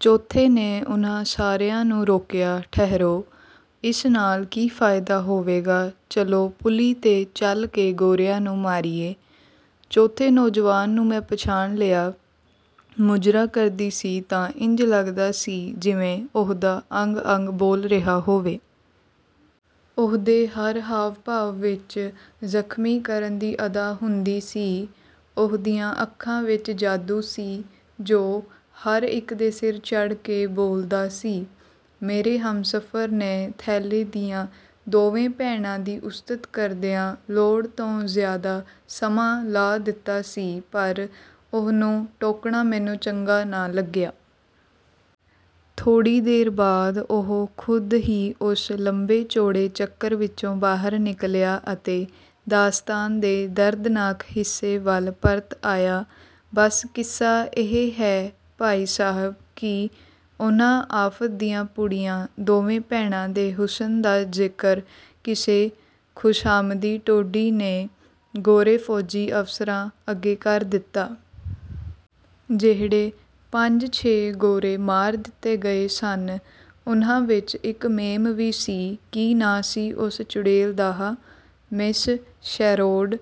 ਚੌਥੇ ਨੇ ਉਨ੍ਹਾਂ ਸਾਰਿਆਂ ਨੂੰ ਰੋਕਿਆ, "ਠਹਿਰੋ-- ਇਸ ਨਾਲ ਕੀ ਫਾਇਦਾ ਹੋਵੇਗਾ ਚਲੋ ਪੁਲੀ 'ਤੇ ਚੱਲ ਕੇ ਗੋਰਿਆਂ ਨੂੰ ਮਾਰੀਏ"। ਚੌਥੇ ਨੌਜਵਾਨ ਨੂੰ ਮੈਂ ਪਛਾਣ ਲਿਆ। ਮੁਜਰਾ ਕਰਦੀ ਸੀ ਤਾਂ ਇੰਜ ਲੱਗਦਾ ਸੀ ਜਿਵੇਂ ਉਹਦਾ ਅੰਗ-ਅੰਗ ਬੋਲ ਰਿਹਾ ਹੋਵੇ। ਉਹਦੇ ਹਰ ਹਾਵ-ਭਾਵ ਵਿੱਚ ਜ਼ਖ਼ਮੀ ਕਰਨ ਦੀ ਅਦਾ ਹੁੰਦੀ ਸੀ। ਉਹਦੀਆਂ ਅੱਖਾਂ ਵਿੱਚ ਜਾਦੂ ਸੀ, ਜੋ ਹਰ ਇੱਕ ਦੇ ਸਿਰ ਚੜ੍ਹ ਕੇ ਬੋਲਦਾ ਸੀ। "ਮੇਰੇ ਹਮਸਫ਼ਰ ਨੇ ਥੈਲੇ ਦੀਆਂ ਦੋਵੇਂ ਭੈਣਾਂ ਦੀ ਉਸਤਤ ਕਰਦਿਆਂ ਲੋੜ ਤੋਂ ਜ਼ਿਆਦਾ ਸਮਾਂ ਲਾ ਦਿੱਤਾ ਸੀ ਪਰ ਉਹਨੂੰ ਟੋਕਣਾ ਮੈਨੂੰ ਚੰਗਾ ਨਾ ਲੱਗਿਆ। ਥੋੜ੍ਹੀ ਦੇਰ ਬਾਅਦ ਉਹ ਖ਼ੁਦ ਹੀ ਉਸ ਲੰਬੇ-ਚੌੜੇ ਚੱਕਰ ਵਿੱਚੋਂ ਬਾਹਰ ਨਿਕਲਿਆ ਅਤੇ ਦਾਸਤਾਨ ਦੇ ਦਰਦਨਾਕ ਹਿੱਸੇ ਵੱਲ ਪਰਤ ਆਇਆ। "ਬਸ ਕਿੱਸਾ ਇਹ ਹੈ ਭਾਈ ਸਾਹਿਬ ਕਿ ਉਨ੍ਹਾਂ ਆਫ਼ਤ ਦੀਆਂ ਪੁੜੀਆਂ ਦੋਵੇਂ ਭੈਣਾਂ ਦੇ ਹੁਸਨ ਦਾ ਜ਼ਿਕਰ ਕਿਸੇ ਖ਼ੁਸ਼ਾਮਦੀ ਟੋਡੀ ਨੇ ਗੋਰੇ ਫ਼ੌਜੀ ਅਫ਼ਸਰਾਂ ਅੱਗੇ ਕਰ ਦਿੱਤਾ। ਜਿਹੜੇ ਪੰਜ-ਛੇ ਗੋਰੇ ਮਾਰ ਦਿੱਤੇ ਗਏ ਸਨ, ਉਨ੍ਹਾਂ ਵਿੱਚ ਇੱਕ ਮੇਮ ਵੀ ਸੀ ਕੀ ਨਾਂ ਸੀ ਉਸ ਚੁੜੇਲ ਦਾਹਾਂ ਮਿਸ ਸ਼ੈਰੋਡ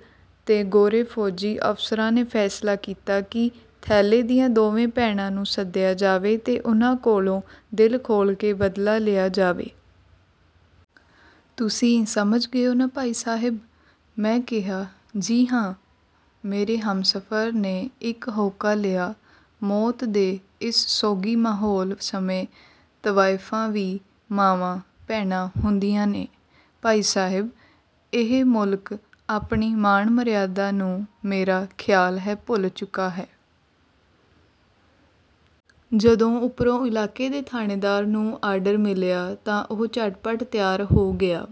ਤੇ ਗੋਰੇ ਫ਼ੌਜੀ ਅਫ਼ਸਰਾਂ ਨੇ ਫ਼ੈਸਲਾ ਕੀਤਾ ਕਿ ਥੈਲੇ ਦੀਆਂ ਦੋਵੇਂ ਭੈਣਾਂ ਨੂੰ ਸੱਦਿਆ ਜਾਵੇ ਤੇ ਉਨ੍ਹਾਂ ਕੋਲੋਂ ਦਿਲ ਖੋਲ੍ਹ ਕੇ ਬਦਲਾ ਲਿਆ ਜਾਵੇ। ਤੁਸੀਂ ਸਮਝ ਗਏ ਓ ਨਾ ਭਾਈ ਸਾਹਿਬ?" ਮੈਂ ਕਿਹਾ, "ਜੀ ਹਾਂ।" ਮੇਰੇ ਹਮਸਫ਼ਰ ਨੇ ਇੱਕ ਹਉਕਾ ਲਿਆ, "ਮੌਤ ਦੇ ਇਸ ਸੋਗੀ ਮਾਹੌਲ ਸਮੇਂ ਤਵਾਇਫ਼ਾਂ ਵੀ ਮਾਵਾਂ, ਭੈਣਾਂ ਹੁੰਦੀਆਂ ਨੇ। ਭਾਈ ਸਾਹਿਬ, ਇਹ ਮੁਲਕ ਆਪਣੀ ਮਾਣ-ਮਰਿਆਦਾ ਨੂੰ ਮੇਰਾ ਖ਼ਿਆਲ ਹੈ ਭੁੱਲ ਚੁੱਕਾ ਹੈ। ਜਦੋਂ ਉਪਰੋਂ ਇਲਾਕੇ ਦੇ ਥਾਣੇਦਾਰ ਨੂੰ ਆਰਡਰ ਮਿਲਿਆ ਤਾਂ ਉਹ ਝੱਟ-ਪੱਟ ਤਿਆਰ ਹੋ ਗਿਆ।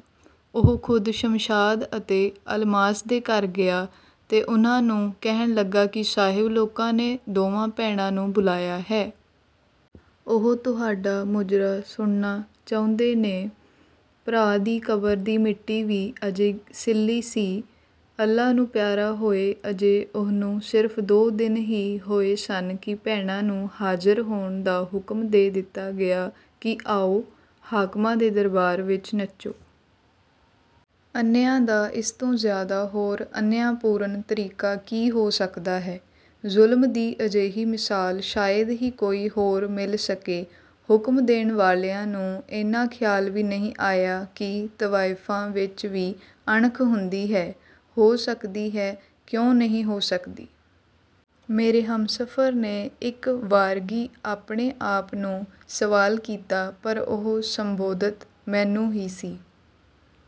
ਉਹ ਖ਼ੁਦ ਸ਼ਮਸ਼ਾਦ ਅਤੇ ਅਲਮਾਸ ਦੇ ਘਰ ਗਿਆ ਤੇ ਉਨ੍ਹਾਂ ਨੂੰ ਕਹਿਣ ਲੱਗਾ ਕਿ ਸਾਹਿਬ ਲੋਕਾਂ ਨੇ ਦੋਵਾਂ ਭੈਣਾਂ ਨੂੰ ਬੁਲਾਇਆ ਹੈ। ਉਹ ਤੁਹਾਡਾ ਮੁਜਰਾ ਸੁਣਨਾ ਚਾਹੁੰਦੇ ਨੇ। ਭਰਾ ਦੀ ਕਬਰ ਦੀ ਮਿੱਟੀ ਵੀ ਅਜੇ ਸਿੱਲ੍ਹੀ ਸੀ। ਅੱਲ੍ਹਾ ਨੂੰ ਪਿਆਰਾ ਹੋਏ ਅਜੇ ਉਹਨੂੰ ਸਿਰਫ਼ ਦੋ ਦਿਨ ਹੀ ਹੋਏ ਸਨ ਕਿ ਭੈਣਾਂ ਨੂੰ ਹਾਜ਼ਰ ਹੋਣ ਦਾ ਹੁਕਮ ਦੇ ਦਿੱਤਾ ਗਿਆ ਕਿ ਆਓ, ਹਾਕਮਾਂ ਦੇ ਦਰਬਾਰ ਵਿੱਚ ਨੱਚੋ। ਅਨਿਆਂ ਦਾ ਇਸ ਤੋਂ ਜ਼ਿਆਦਾ ਹੋਰ ਅਨਿਆਂਪੂਰਨ ਤਰੀਕਾ ਕੀ ਹੋ ਸਕਦਾ ਹੈ। ਜ਼ੁਲਮ ਦੀ ਅਜਿਹੀ ਮਿਸਾਲ ਸ਼ਾਇਦ ਹੀ ਕੋਈ ਹੋਰ ਮਿਲ ਸਕੇ। ਹੁਕਮ ਦੇਣ ਵਾਲਿਆਂ ਨੂੰ ਏਨਾ ਖਿਆਲ ਵੀ ਨਹੀਂ ਆਇਆ ਕਿ ਤਵਾਇਫ਼ਾਂ ਵਿੱਚ ਵੀ ਅਣਖ ਹੁੰਦੀ ਹੈ, ਹੋ ਸਕਦੀ ਹੈ, ਕਿਉਂ ਨਹੀਂ ਹੋ ਸਕਦੀ?" ਮੇਰੇ ਹਮਸਫ਼ਰ ਨੇ ਇੱਕ ਵਾਰਗੀ ਆਪਣੇ ਆਪ ਨੂੰ ਸਵਾਲ ਕੀਤਾ ਪਰ ਉਹ ਸੰਬੋਧਤ ਮੈਨੂੰ ਹੀ ਸੀ।